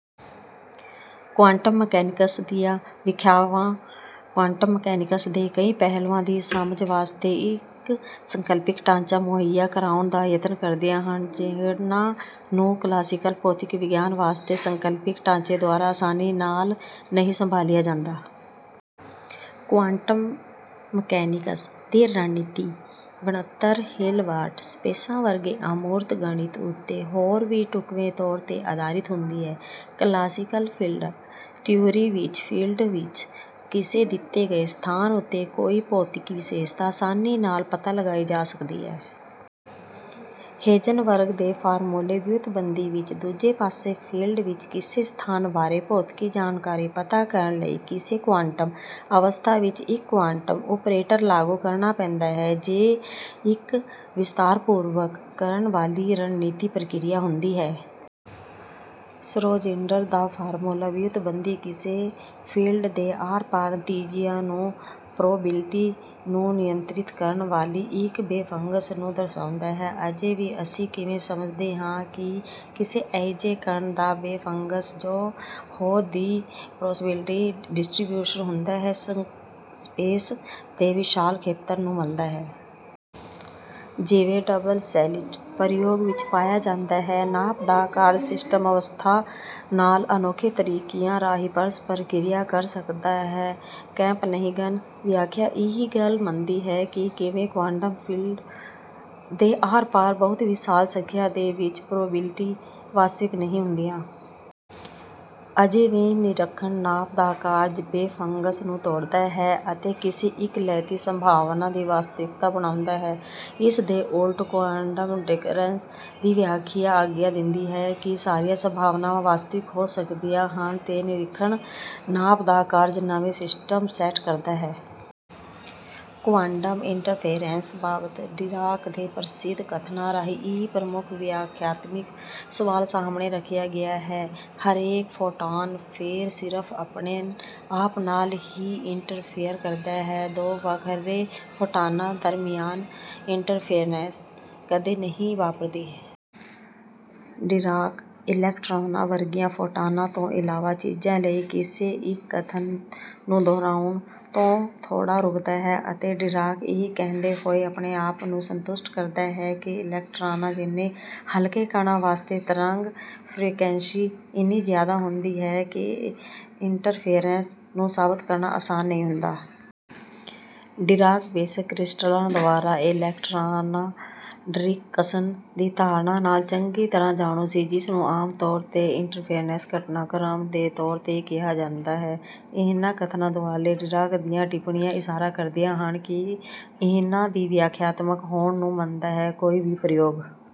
Quantum mechanics ਦੀਆਂ ਵਿਆਖਿਆਵਾਂ quantum mechanics ਦੇ ਕਈ ਪਹਿਲੂਆਂ ਦੀ ਸਮਝ ਵਾਸਤੇ ਇੱਕ ਸੰਕਲਪਿਕ ਢਾਂਚਾ ਮੁਹੱਈਆ ਕਰਵਾਉਣ ਦਾ ਯਤਨ ਕਰਦੀਆਂ ਹਨ ਜਿਹਨਾਂ ਨੂੰ ਕਲਾਸੀਕਲ ਭੌਤਿਕ ਵਿਗਿਆਨ ਵਾਸਤੇ ਸੰਕਲਪਿਕ ਢਾਂਚੇ ਦੁਆਰਾ ਅਸਾਨੀ ਨਾਲ ਨਹੀਂ ਸੰਭਾਲਿਆ ਜਾਂਦਾ। ਕੁਆਂਟਮ ਮਕੈਨਿਕਸ ਦੀ ਗਣਿਤਿਕ ਬਣਤਰ ਹਿਲਬਰਟ ਸਪੇਸਾਂ ਵਰਗੇ ਅਮੂਰਤ ਗਣਿਤ ਉੱਤੇ ਹੋਰ ਵੀ ਢੁਕਵੇਂ ਤੌਰ ਤੇ ਅਧਾਰਿਤ ਹੁੰਦੀ ਹੈ। ਕਲਾਸੀਕਲ ਫੀਲਡ ਥਿਊਰੀ ਵਿੱਚ, ਫੀਲਡ ਵਿੱਚ ਕਿਸੇ ਦਿੱਤੇ ਹੋਏ ਸਥਾਨ ਉੱਤੇ ਕੋਈ ਭੌਤਿਕੀ ਵਿਸ਼ੇਸ਼ਤਾ ਅਸਾਨੀ ਨਾਲ ਪਤਾ ਲਗਾਈ ਜਾ ਸਕਦੀ ਹੈ। ਹੇਜ਼ਨਬਰਗ ਦੀ ਫਾਰਮੂਲਾ ਵਿਓਂਤਬੰਦੀ ਵਿੱਚ, ਦੂਜੇ ਪਾਸੇ, ਫੀਲਡ ਵਿੱਚ ਕਿਸੇ ਸਥਾਨ ਬਾਰੇ ਭੌਤਿਕੀ ਜਾਣਕਾਰੀ ਪਤਾ ਕਰਨ ਲਈ, ਕਿਸੇ ਕੁਆਂਟਮ ਅਵਸਥਾ ਉੱਤੇ ਇੱਕ ਕੁਆਂਟਮ ਓਪਰੇਟਰ ਲਾਗੂ ਕਰਨਾ ਪੈਂਦਾ ਹੈ, ਦੇ ਇੱਕ ਵਿਸਥਾਰਪੂਰਵਕ ਕਰਨ ਵਾਲੀ ਗਣਿਤਿਕ ਪ੍ਰਕ੍ਰਿਆ ਹੁੰਦੀ ਹੈ। ਸ਼੍ਰੋਡਿੰਜਰ ਦੀ ਫਾਰਮੂਲਾ ਵਿਓਂਤਬੰਦੀ ਕਿਸੇ ਫੀਲਡ ਦੇ ਆਰ-ਪਾਰ ਨਤੀਜਿਆਂ ਦੀ ਪ੍ਰੋਬਿਲਟੀ ਨੂੰ ਨਿਯੰਤ੍ਰਿਤ ਕਰਨ ਵਾਲੀ ਇੱਕ ਵੇਵਫੰਕਸ਼ਨ ਨੂੰ ਦਰਸਾਉਂਦੀ ਹੈ। ਅਜੇ ਵੀ ਅਸੀਂ ਕਿਵੇਂ ਸਮਝਦੇ ਹਾਂ ਕਿ ਕਿਸੇ ਅਜਿਹੇ ਕਣ ਦਾ ਵੇਵ ਫੰਕਸ਼ਨ ਜੋ ਹੋਂਦ ਦੀ ਪ੍ਰੋਬਿਲਟੀ ਡਿਸਟ੍ਰੀਬਿਊਸ਼ਨ ਹੁੰਦਾ ਹੈ, ਸਪੇਸ ਦੇ ਵਿਸ਼ਾਲ ਖੇਤਰ ਨੂੰ ਮੱਲਦਾ ਹੈ? ਜਿਵੇਂ ਡਬਲ-ਸਲਿੱਟ ਪ੍ਰਯੋਗ ਵਿੱਚ ਪਾਇਆ ਜਾਂਦਾ ਹੈ, ਨਾਪ ਦਾ ਕਾਰਜ ਸਿਸਟਮ ਅਵਸਥਾ ਨਾਲ ਅਨੋਖੇ ਤਰੀਕਿਆਂ ਰਾਹੀਂ ਪਰਸਪਰ ਕ੍ਰਿਆ ਕਰ ਸਕਦਾ ਹੈ ਕੌਪਨਹੀਗਨ ਵਿਆਖਿਆ ਇਹ ਗੱਲ ਮੰਨਦੀ ਹੈ ਕਿ ਕਿਸੇ ਕੁਆਂਟਮ ਫੀਲਡ ਦੇ ਆਰ-ਪਾਰ ਬਹੁਤ ਵਿਸ਼ਾਲ ਸੰਖਿਆ ਵਿੱਚ ਪ੍ਰੋਬੇਬਿਲਟੀਆਂ ਵਾਸਤਵਿਕ ਨਹੀਂ ਹੁੰਦੀਆਂ। ਅਜੇ ਵੀ ਨਿਰੀਖਣ ਨਾਪ ਦਾ ਕਾਰਜ ਵੇਵ ਫੰਕਸ਼ਨ ਨੂੰ ਤੋੜਦਾ ਹੈ ਅਤੇ ਕਿਸੇ ਇਕਲੌਤੀ ਸੰਭਾਵਨਾ ਨੂੰ ਵਾਸਤਵਿਕ ਬਣਾਉਂਦਾ ਹੈ। ਇਸਦੇ ਉਲਟ ਕੁਆਂਟਮ ਡਿਕੋਹਰੈਂਸ ਦੀ ਵਿਆਖਿਆ ਆਗਿਆ ਦਿੰਦੀ ਹੈ ਕਿ ਸਾਰੀਆਂ ਸੰਭਾਵਨਾਵਾਂ ਵਾਸਤਵਿਕ ਹੋ ਸਕਦੀਆਂ ਹਨ, ਅਤੇ ਨਿਰੀਖਣ ਨਾਪ ਦਾ ਕਾਰਜ ਨਵੇਂ ਸਬ-ਸਿਸਟਮ ਸੈੱਟ ਕਰਦਾ ਹੈ। ਕੁਆਂਟਮ ਇੰਟਰਫੇਰੈਂਸ ਬਾਬਤ ਡੀਰਾਕ ਦੇ ਪ੍ਰਸਿੱਧ ਕਥਨਾਂ ਰਾਹੀਂ ਇੱਕ ਪ੍ਰਮੁੱਖ ਵਿਆਖਿਆਤਮਿਕ ਸਵਾਲ ਸਾਹਮਣੇ ਰੱਖਿਆ ਗਿਆ ਹੈ: "ਹਰੇਕ ਫੋਟਾਨ ਫੇਰ ਸਿਰਫ ਆਪਣੇ ਆਪ ਨਾਲ ਹੀ ਇੰਟਰਫੇਅਰ ਕਰਦਾ ਹੈ। ਦੋ ਵੱਖਰੇ ਫੋਟਾਨਾਂ ਦਰਮਿਆਨ ਇੰਟਰਫੇਅਰੈਂਸ ਕਦੇ ਨਹੀਂ ਵਾਪਰਦੀ।" ਡੀਰਾਕ ਇਲੈਕਟ੍ਰਾਨਾਂ ਵਰਗੀਆਂ ਫੋਟਾਨਾਂ ਤੋਂ ਇਲਾਵਾ ਚੀਜ਼ਾਂ ਲਈ ਇਸ ਕਥਨ ਨੂੰ ਦੁਹਰਾਉਣ ਤੋਂ ਥੋੜਾ ਰੁਕਦਾ ਹੈ ਅਤੇ ਡੀਰਾਕ ਇਹ ਕਹਿੰਦੇ ਹੋਏ ਆਪਣੇ ਆਪ ਨੂੰ ਸੰਤੁਸ਼ਟ ਕਰਦਾ ਹੈ ਕਿ, "ਇਲੈਕਟ੍ਰਾਨਾਂ ਜਿੰਨੇ ਹਲਕੇ ਕਣਾਂ ਵਾਸਤੇ ਤਰੰਗ ਫ੍ਰੀਕੁਐਂਸੀ ਇੰਨੀ ਜ਼ਿਆਦਾ ਹੁੰਦੀ ਹੈ ਕਿ ਇੰਟਰਫੇਅਰੈਂਸ ਨੂੰ ਸਾਬਤ ਕਰਨਾ ਆਸਾਨ ਨਹੀਂ ਹੁੰਦਾ।" ਡੀਰਾਕ ਬੇਸ਼ੱਕ ਕ੍ਰਿਸਟਲਾਂ ਦੁਆਰਾ ਇਲੈਕਟ੍ਰਾਨ ਡਿਫ੍ਰੈਕਸ਼ਨ ਦੀ ਧਾਰਨਾ ਨਾਲ ਚੰਗੀ ਤਰ੍ਹਾਂ ਜਾਣੂ ਸੀ, ਜਿਸਨੂੰ ਆਮਤੌਰ ਤੇ ਇੰਟਰਫੇਅਰੈਂਸ ਘਟਨਾਕ੍ਰਮ ਦੇ ਤੌਰ ਤੇ ਕਿਹਾ ਜਾਂਦਾ ਹੈ। ਇਹਨਾਂ ਕਥਨਾਂ ਦੁਆਲੇ ਡੀਰਾਕ ਦੀਆਂ ਟਿੱਪਣੀਆਂ ਇਸ਼ਾਰਾ ਕਰਦੀਆਂ ਹਨ ਕਿ ਉਹ ਇਹਨਾਂ ਦੇ ਵਿਆਖਿਆਤਮਿਕ ਹੋਣ ਨੂੰ ਮੰਨਦਾ ਹੈ। ਕੋਈ ਵੀ ਪ੍ਰਯੋਗ